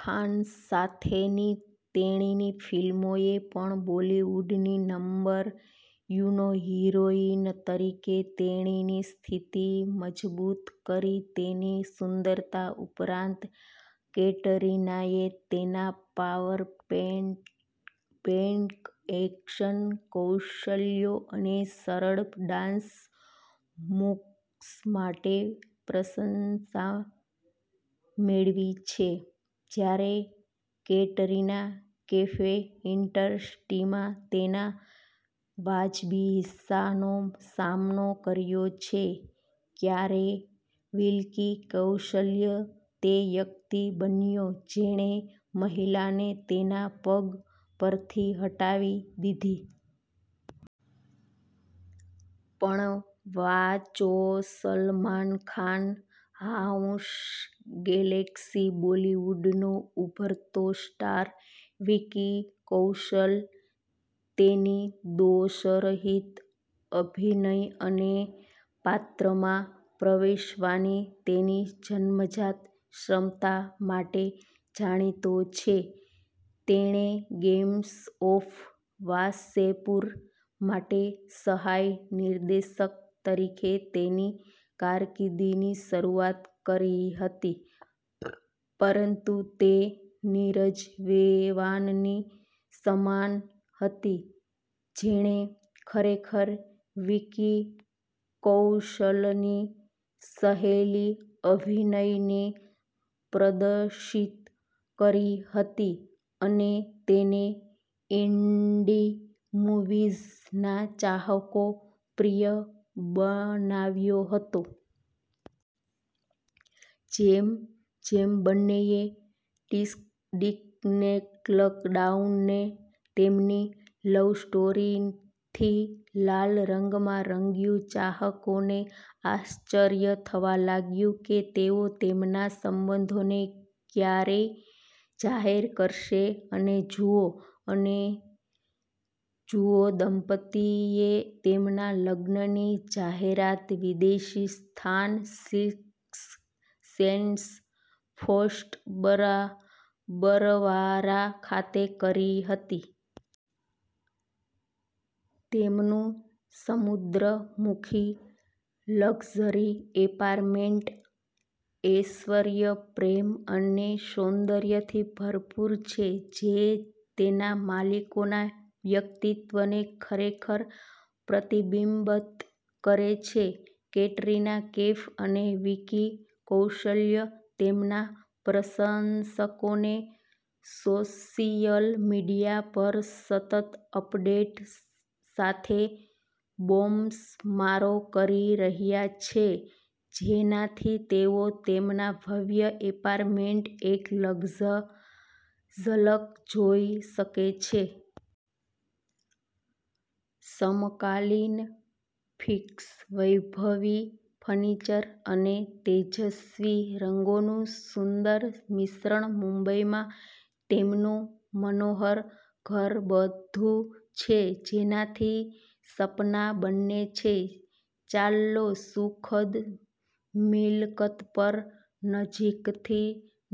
ખાન સાથેની તેણીની ફિલ્મોએ પણ બોલીવુડની નંબર યુનો હીરોઇન તરીકે તેણીની સ્થિતિ મજબૂત કરી. તેની સુંદરતા ઉપરાંત, કેટરિનાએ તેના પાવર-પેક્ડ એક્શન કૌશલ્યો અને સરળ ડાન્સ મૂવ્સ માટે પણ પ્રશંસા મેળવી છે. જ્યારે કેટરિના કૈફે ઇન્ડસ્ટ્રીમાં તેના વાજબી હિસ્સાનો સામનો કર્યો છે, ત્યારે વિકી કૌશલ તે વ્યક્તિ બન્યો જેણે મહિલાને તેના પગ પરથી હટાવી દીધી. પણ વાંચોસલમાન ખાન હાઉસગેલેક્સી બોલિવૂડનો ઉભરતો સ્ટાર, વિકી કૌશલ તેની દોષરહિત અભિનય અને પાત્રમાં પ્રવેશવાની તેની જન્મજાત ક્ષમતા માટે જાણીતો છે. તેણે ગેંગ્સ ઓફ વાસેપુર માટે સહાયક નિર્દેશક તરીકે તેની કારકિર્દીની શરૂઆત કરી હતી, પરંતુ તે નીરજ ઘેવાનની મસાન હતી જેણે ખરેખર વિકી કૌશલની સહેલી અભિનયને પ્રદર્શિત કરી હતી અને તેને ઇન્ડી મૂવીઝના ચાહકોમાં પ્રિય બનાવ્યો હતો. જેમ જેમબંનેએ ટિન્સેલટાઉનને તેમની લવ સ્ટોરીથી લાલ રંગમાં રંગ્યું, ચાહકોને આશ્ચર્ય થવા લાગ્યું કે તેઓ તેમના સંબંધોને ક્યારે જાહેર કરશે, અને જુઓ અને જુઓ, દંપતીએ તેમના લગ્નની જાહેરાત વિદેશી સ્થાન, સિક્સ સેન્સ ફોર્ટ બર બરવારા ખાતે કરી હતી તેમનું સમુદ્ર-મુખી લક્ઝરી એપાર્ટમેન્ટ ઐશ્વર્ય, પ્રેમ અને સૌંદર્યથી ભરપૂર છે, જે તેના માલિકોના વ્યક્તિત્વને ખરેખર પ્રતિબિંબિત કરે છે. કેટરિના કૈફ અને વિકી કૌશલ્ય તેમના પ્રશંસકોને સોશિયલ મીડિયા પર સતત અપડેટ્સ સાથે બોમ્બમારો કરી રહ્યા છે, જેનાથી તેઓ તેમના ભવ્ય એપાર્ટમેન્ટ એક લક્ઝ ઝલક જોઈ શકે છે. સમકાલીન ફિક્સર, વૈભવી ફર્નિચર અને તેજસ્વી રંગોનું સુંદર મિશ્રણ, મુંબઈમાં તેમનું મનોહર ઘરબધું છે જેનાથી સપના બને છે! ચાલોસુખદ મિલકત પર નજીકથી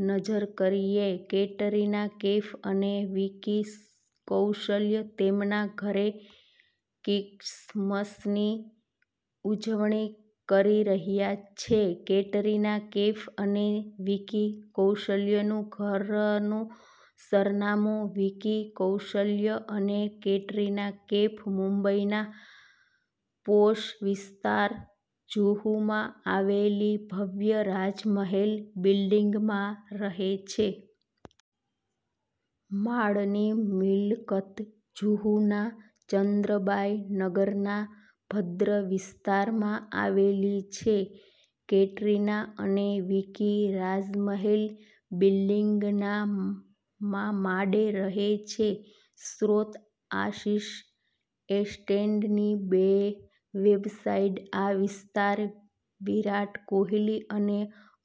નજર કરીએ. કેટરિના કૈફ અને વિકી કૌશલ તેમના ઘરે ક્રિસમસની ઉજવણી કરી રહ્યાં છે કેટરિના કૈફ અને વિકી કૌશલ્ય નું ઘરનું સરનામું વિકી કૌશલ્ય અને કેટરિના કૈફ મુંબઈના પોશ વિસ્તાર જુહુમાં આવેલી ભવ્ય રાજમહેલ બિલ્ડિંગમાં રહે છે. માળની મિલકત જુહુના ચંદ્રબાઈ નગરના ભદ્ર વિસ્તારમાં આવેલી છે. કેટરિના અને વિકી રાજમહેલ બિલ્ડિંગના મા માળે રહે છે સ્રોતઃ આશિષ એસ્ટેટની વેબસાઈટઆ વિસ્તાર વિરાટ કોહલી અને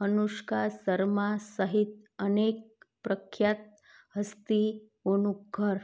અનુષ્કા શર્મા સહિત અનેક પ્રખ્યાત હસ્તીઓનું ઘર